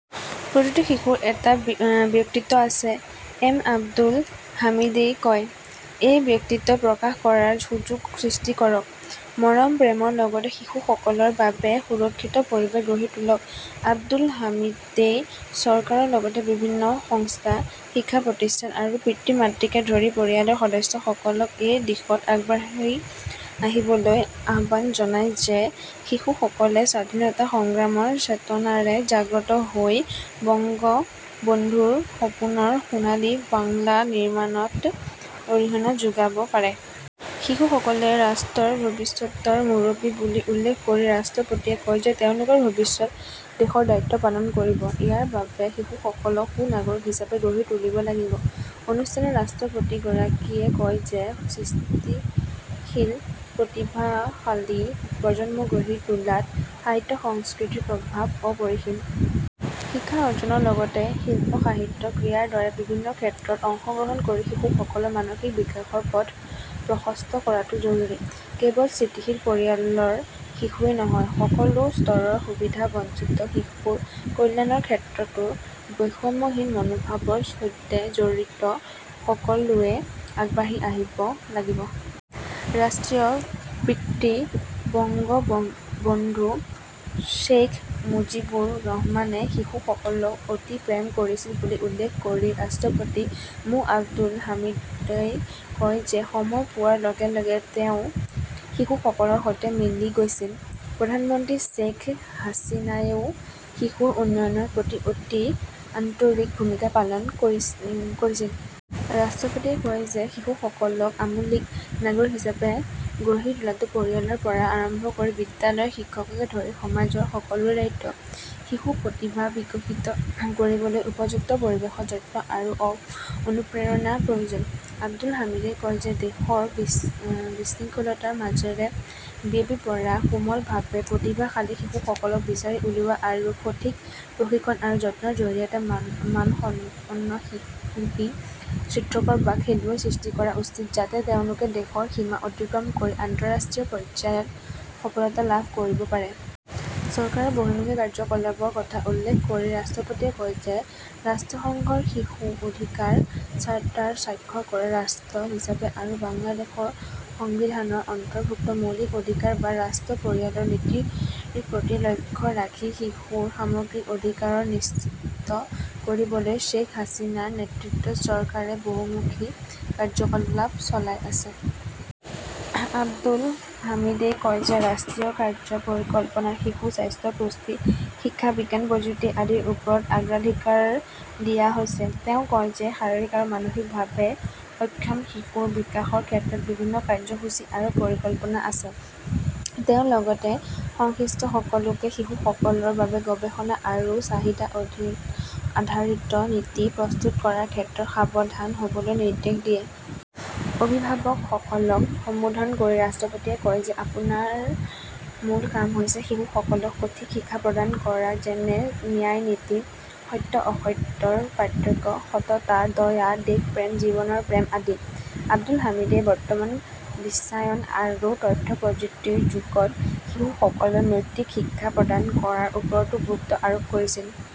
প্ৰতিটো শিশুৰ এটা ব্যক্তিত্ব আছে, এম আব্দুল হামিদই কয়। এই ব্যক্তিত্ব প্ৰকাশ কৰাৰ সুযোগ সৃষ্টি কৰক। মৰম, প্ৰেমৰ লগতে শিশুসকলৰ বাবে সুৰক্ষিত পৰিৱেশ গঢ়ি তোলক। আব্দুল হামিদই চৰকাৰৰ লগতে বিভিন্ন সংস্থা, শিক্ষা প্ৰতিষ্ঠান আৰু পিতৃ-মাতৃকে ধৰি পৰিয়ালৰ সদস্যসকলক এই দিশত আগবাঢ়ি আহিবলৈ আহ্বান জনায় যে শিশুসকলে স্বাধীনতা সংগ্ৰামৰ চেতনাৰে জাগ্ৰত হৈ বংগবন্ধুৰ সপোনৰ সোণালী বাংলা নিৰ্মাণত অৰিহণা যোগাব পাৰে। শিশুসকল ৰাষ্ট্ৰৰ ভৱিষ্যতৰ মুৰব্বী বুলি উল্লেখ কৰি ৰাষ্ট্ৰপতিয়ে কয় যে তেওঁলোকে ভৱিষ্যতে দেশৰ দায়িত্ব পালন কৰিব। ইয়াৰ বাবে শিশুসকলক সু-নাগৰিক হিচাপে গঢ়ি তুলিব লাগিব। অনুষ্ঠানত ৰাষ্ট্ৰপতিগৰাকীয়ে কয় যে সৃষ্টিশীল প্ৰতিভাশালী প্ৰজন্ম গঢ়ি তোলাত সাহিত্য-সংস্কৃতিৰ প্ৰভাৱ অপৰিসীম। শিক্ষা অৰ্জনৰ লগতে শিল্প-সাহিত্য, ক্ৰীড়াৰ দৰে বিভিন্ন ক্ষেত্ৰত অংশগ্ৰহণ কৰি শিশুসকলৰ মানসিক বিকাশৰ পথ প্ৰশস্ত কৰাটো জৰুৰী। কেৱল স্থিতিশীল পৰিয়ালৰ শিশুৱেই নহয়, সকলো স্তৰৰ সুবিধাবঞ্চিত শিশুৰ কল্যাণৰ ক্ষেত্ৰতো বৈষম্যহীন মনোভাৱৰ সৈতে জড়িত সকলোৱে আগবাঢ়ি আহিব লাগিব। ৰাষ্ট্ৰৰ পিতৃ বঙ্গবন্ধু শ্বেইখ মুজিবুৰ ৰহমানে শিশুসকলক অতি প্ৰেম কৰিছিল বুলি উল্লেখ কৰি ৰাষ্ট্ৰপতি মো. আব্দুল হামিদই কয় যে সময় পোৱাৰ লগে লগে তেওঁ শিশুসকলৰ সৈতে মিলি গৈছিল। প্ৰধানমন্ত্ৰী শ্বেইখ হাছিনাইও শিশুৰ উন্নয়নৰ প্ৰতি অতি আন্তৰিক ভূমিকা পালন কৰিছিল। ৰাষ্ট্ৰপতিয়ে কয় যে শিশুসকলক আলোকিত নাগৰিক হিচাপে গঢ়ি তোলাটো পৰিয়ালৰ পৰা আৰম্ভ কৰি বিদ্যালয়ৰ শিক্ষককে ধৰি সমাজৰ সকলোৰে দায়িত্ব। শিশুৰ প্ৰতিভা বিকশিত কৰিবলৈ উপযুক্ত পৰিৱেশত যত্ন আৰু অনুপ্ৰেৰণাৰ প্ৰয়োজন। আব্দুল হামিদই কয় যে দেশৰ বিশৃংখলতাৰ মাজেৰে বিয়পি পৰা কোমলভাৱে প্ৰতিভাশালী শিশুসকলক বিচাৰি উলিওৱা আৰু সঠিক প্ৰশিক্ষণ আৰু যত্নৰ জৰিয়তে মানসম্পন্ন শিল্পী, চিত্ৰকৰণ বা খেলুৱৈ সৃষ্টি কৰা উচিত যাতে তেওঁলোকে দেশৰ সীমা অতিক্ৰম কৰি আন্তঃৰাষ্ট্ৰীয় পৰ্যায়ত সফলতা লাভ কৰিব পাৰে। চৰকাৰৰ বহুমুখী কাৰ্যকলাপৰ কথা উল্লেখ কৰি ৰাষ্ট্ৰপতিয়ে কয় যে ৰাষ্ট্ৰসংঘৰ শিশু অধিকাৰ চাৰ্টাৰত স্বাক্ষৰ কৰা ৰাষ্ট্ৰ হিচাপে আৰু বাংলাদেশৰ সংবিধানত অন্তৰ্ভুক্ত মৌলিক অধিকাৰ আৰু ৰাষ্ট্ৰ পৰিচালনাৰ নীতিৰ প্ৰতি লক্ষ্য ৰাখি শিশুৰ সামগ্ৰিক অধিকাৰ নিশ্চিত কৰিবলৈ শ্বেখ হাছিনাৰ নেতৃত্বত চৰকাৰে বহুমুখী কাৰ্যকলাপ চলাই আছে। আব্দুল হামিদই কয় যে ৰাষ্ট্ৰীয় কাৰ্য্য পৰিকল্পনাত শিশুৰ স্বাস্থ্য-পুষ্টি, শিক্ষা-বিজ্ঞান প্ৰযুক্তি আদিৰ ওপৰত অগ্ৰাধিকাৰ দিয়া হৈছে। তেওঁ কয় যে শাৰীৰিক আৰু মানসিকভাৱে অক্ষম শিশুৰ বিকাশৰ বাবেও বিভিন্ন কাৰ্যসূচী আৰু পৰিকল্পনা আছে। তেওঁ লগতে সংশ্লিষ্ট সকলোকে শিশুসকলৰ বাবে গৱেষণা আৰু চাহিদা-আধাৰিত নীতি প্ৰস্তুত কৰাৰ ক্ষেত্ৰত সাৱধান হ'বলৈ নিৰ্দেশ দিয়ে। অভিভাৱকসকলক সম্বোধন কৰি ৰাষ্ট্ৰপতিয়ে কয় যে আপোনাৰ মূল কাম হৈছে শিশুসকলক সঠিক শিক্ষা প্ৰদান কৰা যেনে ন্যায় নীতি, সত্য-অসত্যৰ পাৰ্থক্য, সততা, দয়া, দেশপ্ৰেম, জীৱনৰ প্ৰেম আদি। আব্দুল হামিদই বৰ্তমানৰ বিশ্বায়ন আৰু তথ্য প্ৰযুক্তিৰ যুগত শিশুসকলক নৈতিক শিক্ষা প্ৰদান কৰাৰ ওপৰতো গুৰুত্ব আৰোপ কৰিছিল।